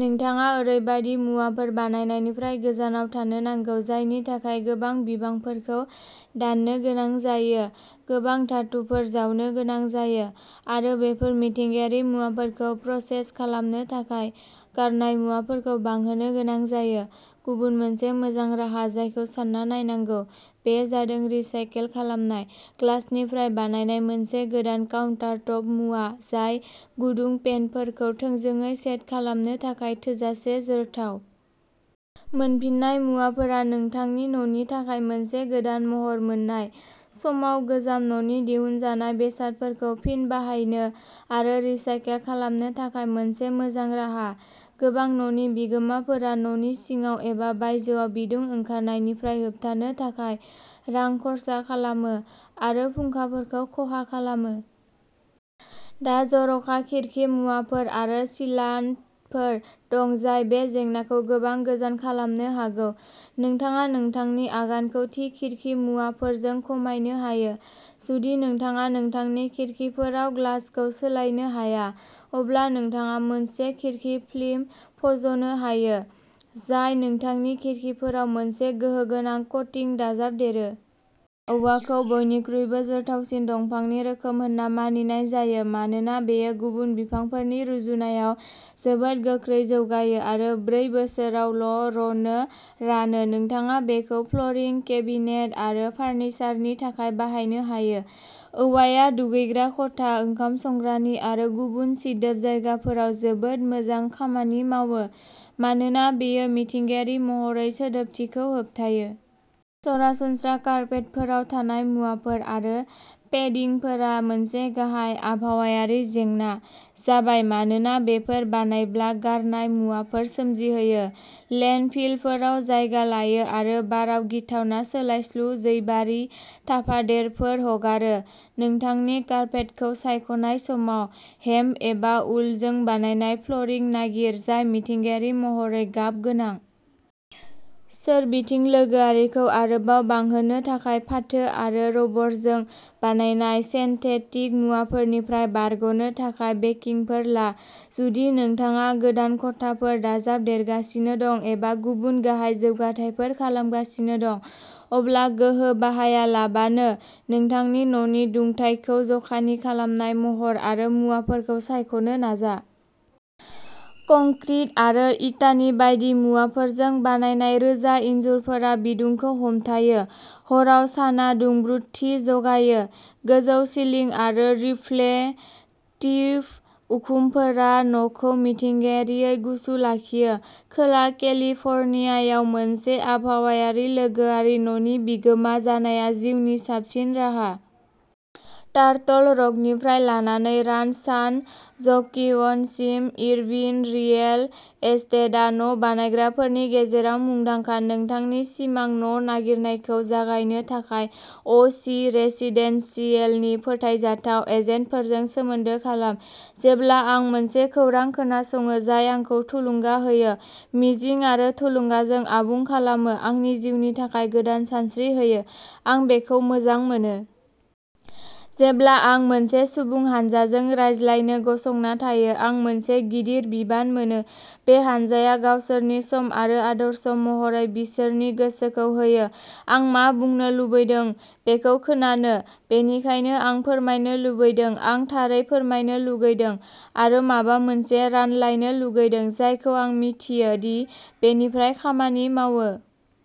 नोंथाङा ओरैबायदि मुवाफोर बायनायनिफ्राय गोजानाव थानो नांगौ जायनि थाखाय गोबां बिफांफोरखौ दाननो गोनां जायो गोबां धातुफोर जावनो गोनां जायो आरो बेफोर मिथिंगायारि मुवाफोरखौ प्रसेस खालामनो थाखाय गारनाय मुवाफोरखौ बांहोनो गोनां जायो। गुबुन मोनसे मोजां राहा जायखौ सानना नायनांगौ, बेयो जादों रिसाइकेल खालामनाय ग्लासनिफ्राय बानायनाय मोनसे गोदान काउन्टारटप मुवा जाय गुदुं पेनफोरखौ थोंजोङै सेट खालामनो थाखाय थोजासे जोरथाव। मोनफिन्नाय मुवाफोरा नोंथांनि न'नि थाखाय मोनसे गोदान महर मोननाय समाव गोजाम न'नि दिहुनजानाय बेसादफोरखौ फिन बाहायनो आरो रिसाइकेल खालामनो थाखाय मोनसे मोजां राहा। गोबां न'नि बिगोमाफोरा न'नि सिङाव एबा बायजोआव बिदुं ओंखारनायनिफ्राय होबथानो थाखाय रां खरसा खालामो आरो फुंखाफोरखौ खहा खालामो। दा जर'खा खिरखि मुवाफोर आरो सिलान्टफोर दं, जाय बे जेंनाखौ गोबां गोजान खालामनो हागौ। नोंथाङा नोंथांनि आगानखौ थि खिरखि मुवाफोरजों खमायनो हायो। जुदि नोंथाङा नोंथांनि खिरखिफोराव ग्लासखौ सोलायनो हाया अब्ला नोंथाङा मोनसे खिरखि फिल्म फज'नो हायो, जाय नोंथांनि खिरखिफोराव मोनसे गोहो गोनां क'टिं दाजाबदेरो। औवाखौ बयनिख्रुइबो जोरथावसिन दंफांनि रोखोम होनना मानिनाय जायो मानोना बेयो गुबुन बिफांफोरनि रुजुनायाव जोबोद गोख्रै जौगायो आरो ब्रै बोसोरावल'रनो रानो। नोंथाङा बेखौ फ्ल'रिं, केबिनेट आरो फार्निचारनि थाखाय बाहायनो हायो। औवाया दुगैग्रा खथा, ओंखाम संग्रानि आरो गुबुन सिदोब जायगाफोराव जोबोद मोजां खामानि मावो मानोना बेयो मिथिंगायारि महरै सिदोबथिखौ होबथायो। सरासनस्रा कार्पेटफोराव थानाय मुवाफोर आरो पेदिंफोरा मोनसे गाहाय आबहावायारि जेंना जाबाय मानोना बेफोर बानायब्ला गारनाय मुवाफोर सोमजिहोयो, लेन्डफिलफोराव जायगा लायो आरो बाराव गिथावना सोलायस्लु जैबारि थाफादेरफोर हगारो। नोंथांनि कार्पेटखौ सायख'नाय समाव, हेम्प एबा उलजों बानायनाय फ्ल'रिं नागिर जाय मिथिंगायारि महरै गाब गोनां। सोरबिथिं लोगोआरिखौ आरोबाव बांहोनो थाखाय, फाथो आरो रबरजों बानायनाय सिन्थेटिक मुवाफोरनिफ्राय बारग'नो थाखाय बेकिंफोर ला। जुदि नोंथाङा गोदान खथाफोर दाजाबदेरगासिनो दं एबा गुबुन गाहाय जौगाथायफोर खालामगासिनो दं, अब्ला गोहो बाहायालाबानो नोंथांनि न'नि दुंथायखौ जखानि खालामनाय महर आरो मुवाफोरखौ सायख'नो नाजा। कंक्रिट आरो इटानि बायदि मुवाफोरजों बानायनाय रोजा इनजुरफोरा बिदुंखौ हमथायो। हराव सानआ दुंब्रुदथि जगायो। गोजौ सिलिं आरो रिफ्लेक्टिभ उखुमफोरा न'खौ मिथिंगायारियै गुसु लाखियो। खोला केलिफर्नियायाव मोनसे आबहावायारि लोगोआरि न'नि बिगोमा जानाया जिउनि साबसिन राहा। टार्टल रकनिफ्राय लानानै रान्च'सान ज'क्विनसिम, इरविन रियेल एस्टेटआ न'बायग्राफोरनि गेजेराव मुंदांखा। नोंथांनि सिमां न'नागिरनायखौ जागायनो थाखाय अ चि रेसिडेन्सियेलनि फोथायजाथाव एजेन्टफोरजों सोमोन्दो खालाम। जेब्ला आं मोनसे खौरां खोनासङो जाय आंखौ थुलुंगा होयो मिजिं आरो थुलुंगाजों आबुं खालामो आंनि जिउनि थाखाय गोदान सानस्रि होयो, आं बेखौ मोजां मोनो। जेब्ला आं मोनसे सुबुं हानजाजों रायज्लायनो गसंना थायो, आं मोनसे गिदिर बिबान मोनो। बे हानजाया गावसोरनि सम आरो आदर्श महरै बिसोरनि गोसोखौ होयो आं मा बुंनो लुबैदों बेखौ खोनानो। बेनिखायनो आं फोरमायनो लुबैदों आं थारै फोरमायनो लुगैदों आरो माबा मोनसे रानलायनो लुगैदों जायखौ आं मिन्थियो दि बेनिफ्राय खामानि मावो।